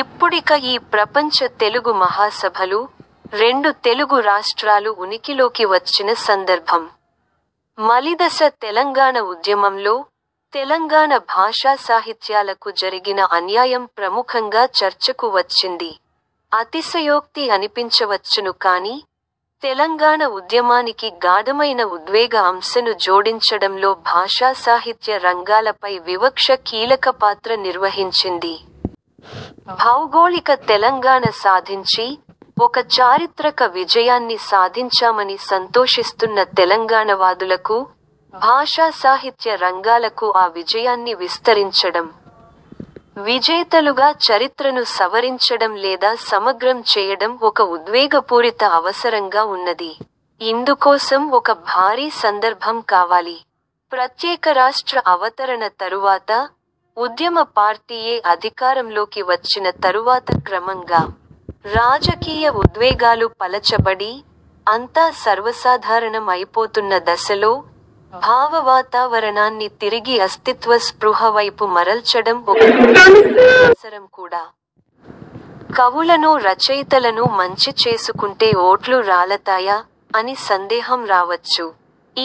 ఇప్పుడిక ఈ ప్రపంచ తెలుగు మహాసభలు, రెండు తెలుగు రాష్ట్రాలు ఉనికిలోకి వచ్చిన సందర్భం. మలిదశ తెలంగాణ ఉద్యమంలో, తెలంగాణ భాషాసాహిత్యాలకు జరిగిన అన్యాయం ప్రముఖంగా చర్చకు వచ్చింది. అతిశయోక్తి అనిపించవచ్చును కానీ, తెలంగాణ ఉద్యమానికి గాఢమైన ఉద్వేగ అంశను జోడించడంలో భాషాసాహిత్య రంగాలపై వివక్ష కీలకపాత్ర నిర్వహించింది. భౌగోళిక తెలంగాణ సాధించి, ఒక చారిత్రక విజయాన్ని సాధించామని సంతోషిస్తున్న తెలంగాణవాదులకు, భాషాసాహిత్య రంగాలకు ఆ విజయాన్ని విస్తరించడం, విజేతలుగా చరిత్రను సవరించడం లేదా సమగ్రం చేయడం ఒక ఉద్వేగపూరిత అవసరంగా ఉన్నది. ఇందుకోసం ఒక భారీ సందర్భం కావాలి. ప్రత్యేకరాష్ట్ర అవతరణ తరువాత, ఉద్యమ పార్టీయే అధికారంలోకి వచ్చిన తరువాత క్రమంగా, రాజకీయ ఉద్వేగాలు పలచబడి, అంతా సర్వసాధారణం అయిపోతున్న దశలో, భావవాతావరణాన్ని తిరిగి అస్తిత్వ స్పృహ వైపు మరల్చడం ఒక రాజకీయ అవసరం కూడా. కవులనూ రచయితలనూ మంచి చేసుకుంటే ఓట్లు రాలతాయా, అని సందేహం రావచ్చు.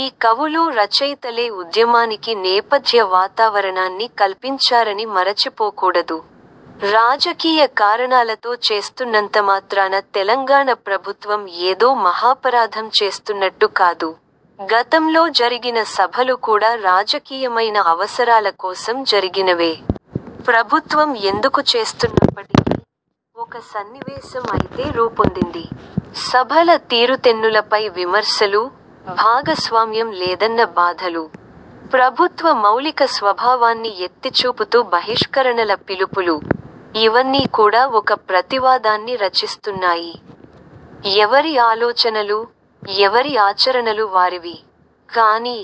ఈ కవులూ రచయితలే ఉద్యమానికి నేపథ్య వాతావరణాన్ని కల్పించారని మరచిపోకూడదు. రాజకీయ కారణాలతో చేస్తున్నంతమాత్రాన తెలంగాణ ప్రభుత్వం ఏదో మహాపరాధం చేస్తున్నట్టు కాదు. గతంలో జరిగిన సభలు కూడా రాజకీయమైన అవసరాల కోసం జరిగినవే. ప్రభుత్వం ఎందుకు చేస్తున్నప్పటికీ, ఒక సన్నివేశం అయితే రూపొందింది. సభల తీరుతెన్నులపై విమర్శలు, భాగస్వామ్యం లేదన్న బాధలు, ప్రభుత్వ మౌలిక స్వభావాన్ని ఎత్తిచూపుతూ బహిష్కరణల పిలుపులు– ఇవన్నీ కూడా ఒక ప్రతివాదాన్ని రచిస్తున్నాయి. ఎవరి ఆలోచనలు, ఎవరి ఆచరణలు వారివి. కానీ,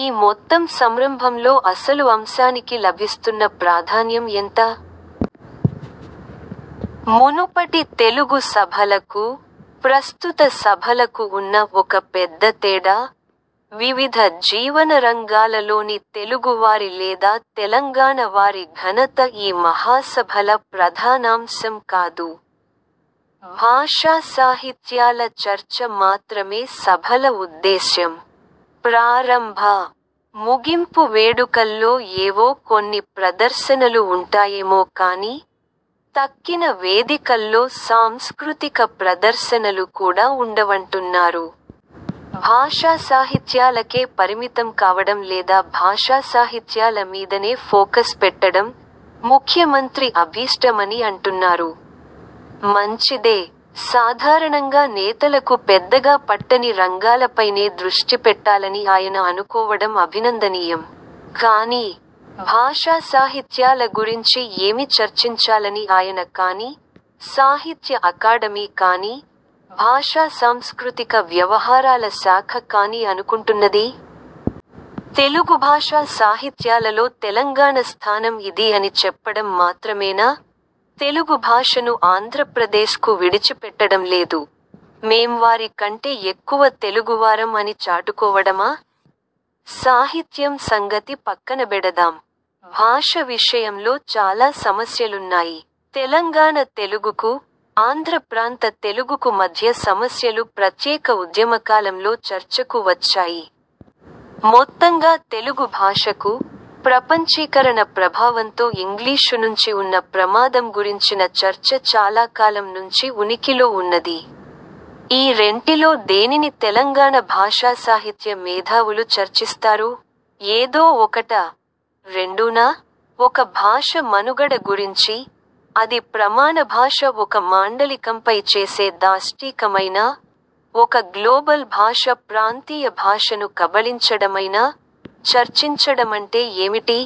ఈ మొత్తం సంరంభంలో అసలు అంశానికి లభిస్తున్న ప్రాధాన్యం ఎంత? మునుపటి తెలుగు సభలకు, ప్రస్తుత సభలకు ఉన్న ఒక పెద్దతేడా, వివిధ జీవనరంగాలలోని తెలుగు వారి లేదా తెలంగాణ వారి ఘనత ఈ మహాసభల ప్రధానాంశం కాదు. భాషాసాహిత్యాల చర్చ మాత్రమే సభల ఉద్దేశ్యం. ప్రారంభ, ముగింపు వేడుకల్లో ఏవో కొన్ని ప్రదర్శనలు ఉంటాయేమో కానీ, తక్కిన వేదికల్లో సాంస్కృతిక ప్రదర్శనలు కూడా ఉండవంటున్నారు. భాషాసాహిత్యాలకే పరిమితం కావడం లేదా భాషాసాహిత్యాల మీదనే ఫోకస్ పెట్టడం– ముఖ్యమంత్రి అభీష్టమని అంటున్నారు. మంచిదే. సాధారణంగా నేతలకు పెద్దగా పట్టని రంగాలపైనే దృష్టిపెట్టాలని ఆయన అనుకోవడం అభినందనీయం. కానీ, భాషాసాహిత్యాల గురించి ఏమి చర్చించాలని ఆయన కానీ, సాహిత్య అకాడమీ కానీ, భాషాసాంస్కృతిక వ్యవహారాల శాఖ కానీ అనుకుంటున్నది? తెలుగుభాషా సాహిత్యాలలో తెలంగాణ స్థానం ఇదీ అని చెప్పడం మాత్రమేనా, తెలుగు భాషను ఆంధ్రప్రదేశ్కు విడిచిపెట్టడం లేదు, మేం వారి కంటె ఎక్కువ తెలుగువారం అని చాటుకోవడమా? సాహిత్యం సంగతి పక్కనబెడదాం. భాష విషయంలో చాలా సమస్యలున్నాయి. తెలంగాణ తెలుగుకు, ఆంధ్రప్రాంత తెలుగుకు మధ్య సమస్యలు ప్రత్యేక ఉద్యమకాలంలో చర్చకు వచ్చాయి. మొత్తంగా తెలుగు భాషకు– ప్రపంచీకరణ ప్రభావంతో ఇంగ్లీషు నుంచి ఉన్న ప్రమాదం గురించిన చర్చ చాలాకాలం నుంచి ఉనికిలో ఉన్నది. ఈ రెంటిలో దేనిని తెలంగాణ భాషాసాహిత్య మేధావులు చర్చిస్తారు? ఏదో ఒకటా, రెండూనా? ఒక భాష మనుగడ గురించి, అది ప్రమాణభాష ఒక మాండలికంపై చేసే దాష్టీకమైనా, ఒక గ్లోబల్ భాష ప్రాంతీయ భాషను కబళించడమైనా, చర్చించడమంటే ఏమిటి?